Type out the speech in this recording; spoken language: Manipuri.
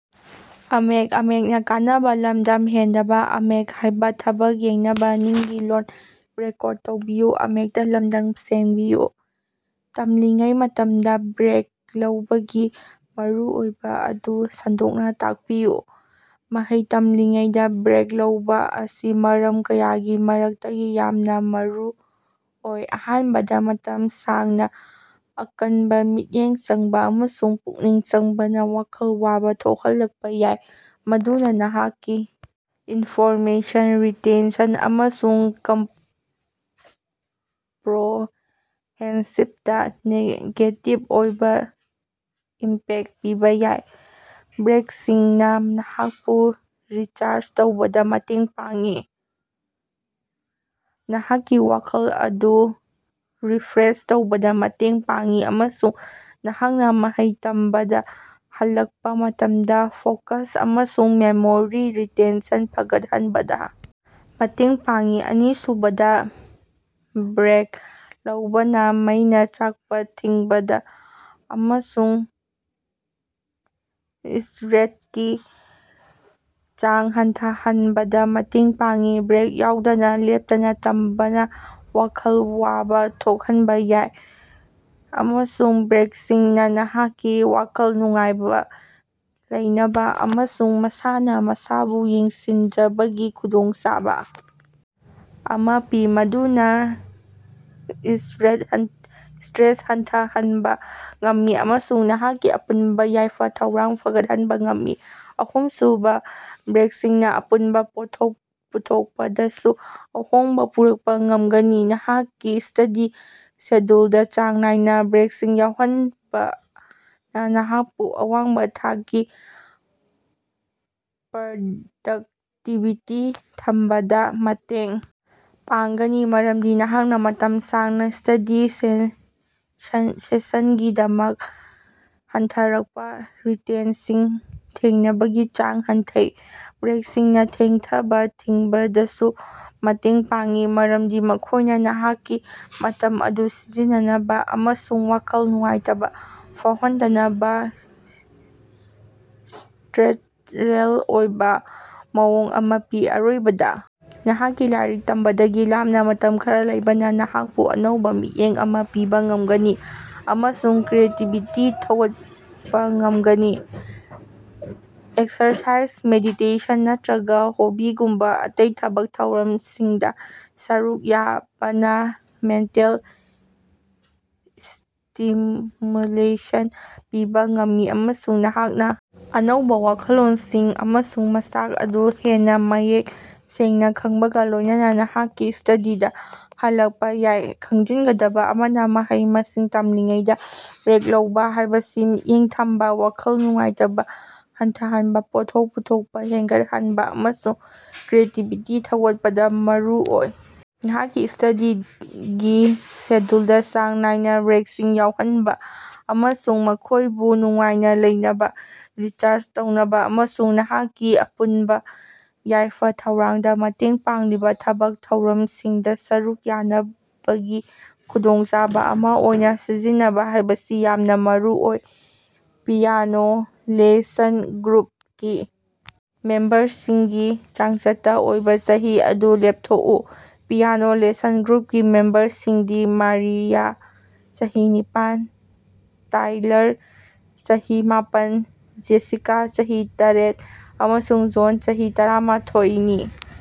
ꯇꯝꯂꯤꯉꯩ ꯃꯇꯝꯗ ꯕ꯭ꯔꯦꯛ ꯂꯧꯕꯒꯤ ꯃꯔꯨꯑꯣꯏꯕ ꯑꯗꯨ ꯁꯟꯗꯣꯛꯅ ꯇꯥꯛꯄꯤꯌꯨ꯫ ꯃꯍꯩ ꯇꯝꯂꯤꯉꯩꯗ ꯕ꯭ꯔꯦꯛ ꯂꯧꯕ ꯑꯁꯤ ꯃꯔꯝ ꯀꯌꯥꯒꯤ ꯃꯔꯛꯇꯒꯤ ꯌꯥꯝꯅ ꯃꯔꯨꯑꯣꯏ꯫ ꯑꯍꯥꯟꯕꯗ, ꯃꯇꯝ ꯁꯥꯡꯅ ꯑꯀꯟꯕ ꯃꯤꯠꯌꯦꯡ ꯆꯪꯕ ꯑꯃꯁꯨꯡ ꯄꯨꯛꯅꯤꯡ ꯆꯪꯕꯅ ꯋꯥꯈꯜ ꯋꯥꯕ ꯊꯣꯛꯍꯜꯂꯛꯄ ꯌꯥꯏ, ꯃꯗꯨꯅ ꯅꯍꯥꯛꯀꯤ ꯏꯟꯐꯣꯔꯃꯦꯁꯟ ꯔꯤꯇꯦꯟꯁꯟ ꯑꯃꯁꯨꯡ ꯀꯝꯄ꯭ꯔꯣꯍꯦꯟꯁꯤꯞꯇ ꯅꯦꯒꯦꯇꯤꯚ ꯑꯣꯏꯕ ꯏꯝꯄꯦꯛ ꯄꯤꯕ ꯌꯥꯏ꯫ ꯕ꯭ꯔꯦꯛꯁꯤꯡꯅ ꯅꯍꯥꯛꯄꯨ ꯔꯤꯆꯥꯔꯖ ꯇꯧꯕꯗ ꯃꯇꯦꯡ ꯄꯥꯡꯏ, ꯅꯍꯥꯛꯀꯤ ꯋꯥꯈꯜ ꯑꯗꯨ ꯔꯤꯐ꯭ꯔꯦꯁ ꯇꯧꯕꯗ ꯃꯇꯦꯡ ꯄꯥꯡꯏ ꯑꯃꯁꯨꯡ ꯅꯍꯥꯛꯅ ꯃꯍꯩ ꯇꯝꯕꯗ ꯍꯜꯂꯛꯄ ꯃꯇꯝꯗ ꯐꯣꯀꯁ ꯑꯃꯁꯨꯡ ꯃꯦꯃꯣꯔꯤ ꯔꯤꯇꯦꯟꯁꯟ ꯐꯒꯠꯍꯟꯕꯗ ꯃꯇꯦꯡ ꯄꯥꯡꯏ꯫ ꯑꯅꯤꯁꯨꯕꯗ, ꯕ꯭ꯔꯦꯛ ꯂꯧꯕꯅ ꯃꯩꯅ ꯆꯥꯛꯄ ꯊꯤꯡꯕꯗ ꯑꯃꯁꯨꯡ ꯁꯇ꯭ꯔꯦꯁꯀꯤ ꯆꯥꯡ ꯍꯟꯊꯍꯟꯕꯗ ꯃꯇꯦꯡ ꯄꯥꯡꯏ꯫ ꯕ꯭ꯔꯦꯛ ꯌꯥꯎꯗꯅ ꯂꯦꯞꯇꯅ ꯇꯝꯕꯅ ꯋꯥꯈꯜ ꯋꯥꯕ ꯊꯣꯛꯍꯟꯕ ꯌꯥꯏ ꯑꯃꯁꯨꯡ ꯕ꯭ꯔꯦꯛꯁꯤꯡꯅ ꯅꯍꯥꯛꯀꯤ ꯋꯥꯈꯜ ꯅꯨꯡꯉꯥꯏꯅ ꯂꯩꯅꯕ ꯑꯃꯁꯨꯡ ꯃꯁꯥꯅ ꯃꯁꯥꯕꯨ ꯌꯦꯡꯁꯤꯟꯖꯕꯒꯤ ꯈꯨꯗꯣꯡꯆꯥꯕ ꯑꯃ ꯄꯤ, ꯃꯗꯨꯅ ꯁꯇ꯭ꯔꯦꯁ ꯍꯟꯊꯍꯟꯕ ꯉꯝꯃꯤ ꯑꯃꯁꯨꯡ ꯅꯍꯥꯛꯀꯤ ꯑꯄꯨꯟꯕ ꯌꯥꯏꯐ-ꯊꯧꯔꯥꯡ ꯐꯒꯠꯍꯟꯕ ꯉꯝꯃꯤ꯫ ꯑꯍꯨꯝꯁꯨꯕ, ꯕ꯭ꯔꯦꯛꯁꯤꯡꯅ ꯑꯄꯨꯟꯕ ꯄꯣꯠꯊꯣꯛ ꯄꯨꯊꯣꯛꯄꯗꯁꯨ ꯑꯍꯣꯡꯕ ꯄꯨꯔꯛꯄ ꯉꯝꯒꯅꯤ꯫ ꯅꯍꯥꯛꯀꯤ ꯁ꯭ꯇꯗꯤ ꯁꯦꯗ꯭ꯌꯨꯜꯗ ꯆꯥꯡ ꯅꯥꯏꯅ ꯕ꯭ꯔꯦꯛꯁꯤꯡ ꯌꯥꯎꯍꯟꯕꯅ ꯅꯍꯥꯛꯄꯨ ꯑꯋꯥꯡꯕ ꯊꯥꯛꯀꯤ ꯄ꯭ꯔꯗꯛꯇꯤꯕꯤꯇꯤ ꯊꯝꯕꯗ ꯃꯇꯦꯡ ꯄꯥꯡꯒꯅꯤ, ꯃꯔꯝꯗꯤ ꯅꯍꯥꯛꯅ ꯃꯇꯝ ꯁꯥꯡꯅ ꯁ꯭ꯇꯗꯤ ꯁꯦꯁꯟꯁꯤꯡꯗꯒꯤ ꯍꯟꯊꯔꯛꯄ ꯔꯤꯇꯦꯟꯁꯤꯡ ꯊꯦꯡꯅꯕꯒꯤ ꯆꯥꯡ ꯍꯟꯊꯩ꯫ ꯕ꯭ꯔꯦꯛꯁꯤꯡꯅ ꯊꯦꯡꯊꯕ ꯊꯤꯡꯕꯗꯁꯨ ꯃꯇꯦꯡ ꯄꯥꯡꯏ, ꯃꯔꯝꯗꯤ ꯃꯈꯣꯏꯅ ꯅꯍꯥꯛꯀꯤ ꯃꯇꯝ ꯑꯗꯨ ꯁꯤꯖꯤꯟꯅꯅꯕ ꯑꯃꯁꯨꯡ ꯋꯥꯈꯜ ꯅꯨꯡꯉꯥꯏꯇꯕ ꯐꯥꯎꯍꯟꯗꯅꯕ ꯁꯇ꯭ꯔꯛꯆꯔꯦꯜ ꯑꯣꯏꯕ ꯃꯑꯣꯡ ꯑꯃ ꯄꯤ꯫ ꯑꯔꯣꯏꯕꯗ, ꯅꯍꯥꯛꯀꯤ ꯂꯥꯏꯔꯤꯛ ꯇꯝꯕꯗꯒꯤ ꯂꯥꯞꯅ ꯃꯇꯝ ꯈꯔ ꯂꯩꯕꯅ ꯅꯍꯥꯛꯄꯨ ꯑꯅꯧꯕ ꯃꯤꯠꯌꯦꯡ ꯑꯃ ꯄꯤꯕ ꯉꯝꯒꯅꯤ ꯑꯃꯁꯨꯡ ꯀ꯭ꯔꯤꯌꯦꯇꯤꯕꯤꯇꯤ ꯊꯧꯒꯠꯄ ꯉꯝꯒꯅꯤ꯫ ꯑꯦꯛꯁꯔꯁꯥꯏꯖ, ꯃꯦꯗꯤꯇꯦꯁꯟ ꯅꯠꯇ꯭ꯔꯒ ꯍꯣꯕꯤꯒꯨꯝꯕ ꯑꯇꯩ ꯊꯕꯛ ꯊꯧꯔꯝ ꯁꯤꯡꯗ ꯁꯔꯨꯛ ꯌꯥꯕꯅ ꯃꯦꯟꯇꯦꯜ ꯁ꯭ꯇꯤꯃ꯭ꯌꯨꯂꯦꯁꯟ ꯄꯤꯕ ꯉꯝꯃꯤ ꯑꯃꯁꯨꯡ ꯅꯍꯥꯛꯅ ꯑꯅꯧꯕ ꯋꯥꯈꯜꯂꯣꯟꯁꯤꯡ ꯑꯃꯁꯨꯡ ꯃꯆꯥꯛ ꯑꯗꯨ ꯍꯦꯟꯅ ꯃꯌꯦꯛ ꯁꯦꯡꯅ ꯈꯪꯕꯒ ꯂꯣꯏꯅꯅ ꯅꯍꯥꯛꯀꯤ ꯁ꯭ꯇꯗꯤꯗ ꯍꯜꯂꯛꯄ ꯌꯥꯏ꯫ ꯈꯪꯖꯤꯟꯒꯗꯕ ꯑꯃꯅ, ꯃꯍꯩ-ꯃꯁꯤꯡ ꯇꯝꯂꯤꯉꯩꯗꯥ ꯕ꯭ꯔꯦꯛ ꯂꯧꯕ ꯍꯥꯏꯕꯁꯤ ꯃꯤꯠꯌꯦꯡ ꯊꯝꯕ, ꯋꯥꯈꯜ ꯅꯨꯡꯉꯥꯏꯇꯕ ꯍꯟꯊꯍꯟꯕ, ꯄꯣꯠꯊꯣꯛ ꯄꯨꯊꯣꯛꯄ ꯍꯦꯟꯒꯠꯍꯟꯕ ꯑꯃꯁꯨꯡ ꯀ꯭ꯔꯤꯌꯦꯇꯤꯕꯤꯇꯤ ꯊꯧꯒꯠꯄꯗ ꯃꯔꯨꯑꯣꯏ꯫ ꯅꯍꯥꯛꯀꯤ ꯁ꯭ꯇꯗꯤꯒꯤ ꯁꯦꯗ꯭ꯌꯨꯜꯗ ꯆꯥꯡ ꯅꯥꯏꯅ ꯕ꯭ꯔꯦꯛꯁꯤꯡ ꯌꯥꯎꯍꯟꯕ ꯑꯃꯁꯨꯡ ꯃꯈꯣꯏꯕꯨ ꯅꯨꯡꯉꯥꯏꯅ ꯂꯩꯅꯕ, ꯔꯤꯆꯥꯔꯖ ꯇꯧꯅꯕ ꯑꯃꯁꯨꯡ ꯅꯍꯥꯛꯀꯤ ꯑꯄꯨꯟꯕ ꯌꯥꯏꯐ-ꯊꯧꯔꯥꯡꯗ ꯃꯇꯦꯡ ꯄꯥꯡꯂꯤꯕ ꯊꯕꯛ ꯊꯧꯔꯝꯁꯤꯡꯗ ꯁꯔꯨꯛ ꯌꯥꯅꯕꯒꯤ ꯈꯨꯗꯣꯡꯆꯥꯕ ꯑꯃ ꯑꯣꯏꯅ ꯁꯤꯖꯤꯟꯅꯕ ꯍꯥꯏꯕꯁꯤ ꯌꯥꯝꯅ ꯃꯔꯨꯑꯣꯏ꯫ "ꯄꯤꯌꯥꯅꯣ ꯂꯦꯁꯟ ꯒ꯭ꯔꯨꯞ"ꯀꯤ ꯃꯦꯝꯕꯔꯁꯤꯡꯒꯤ ꯆꯥꯡꯆꯠꯇ ꯑꯣꯏꯕ ꯆꯍꯤ ꯑꯗꯨ ꯂꯦꯞꯊꯣꯛꯎ꯫ "ꯄꯤꯌꯥꯅꯣ ꯂꯦꯁꯟ ꯒ꯭ꯔꯨꯞ"ꯀꯤ ꯃꯦꯝꯕꯔꯁꯤꯡꯗꯤ ꯃꯥꯔꯤꯌꯥ (ꯆꯍꯤ ꯅꯤꯄꯥꯟ), ꯇꯥꯏꯂꯔ (ꯆꯍꯤ ꯃꯥꯄꯟ), ꯖꯦꯁꯤꯀꯥ (ꯆꯍꯤ ꯇꯔꯦꯠ) ꯑꯃꯁꯨꯡ ꯖꯣꯟ (ꯆꯍꯤ ꯇꯔꯥꯃꯥꯊꫭꯏ)ꯅꯤ꯫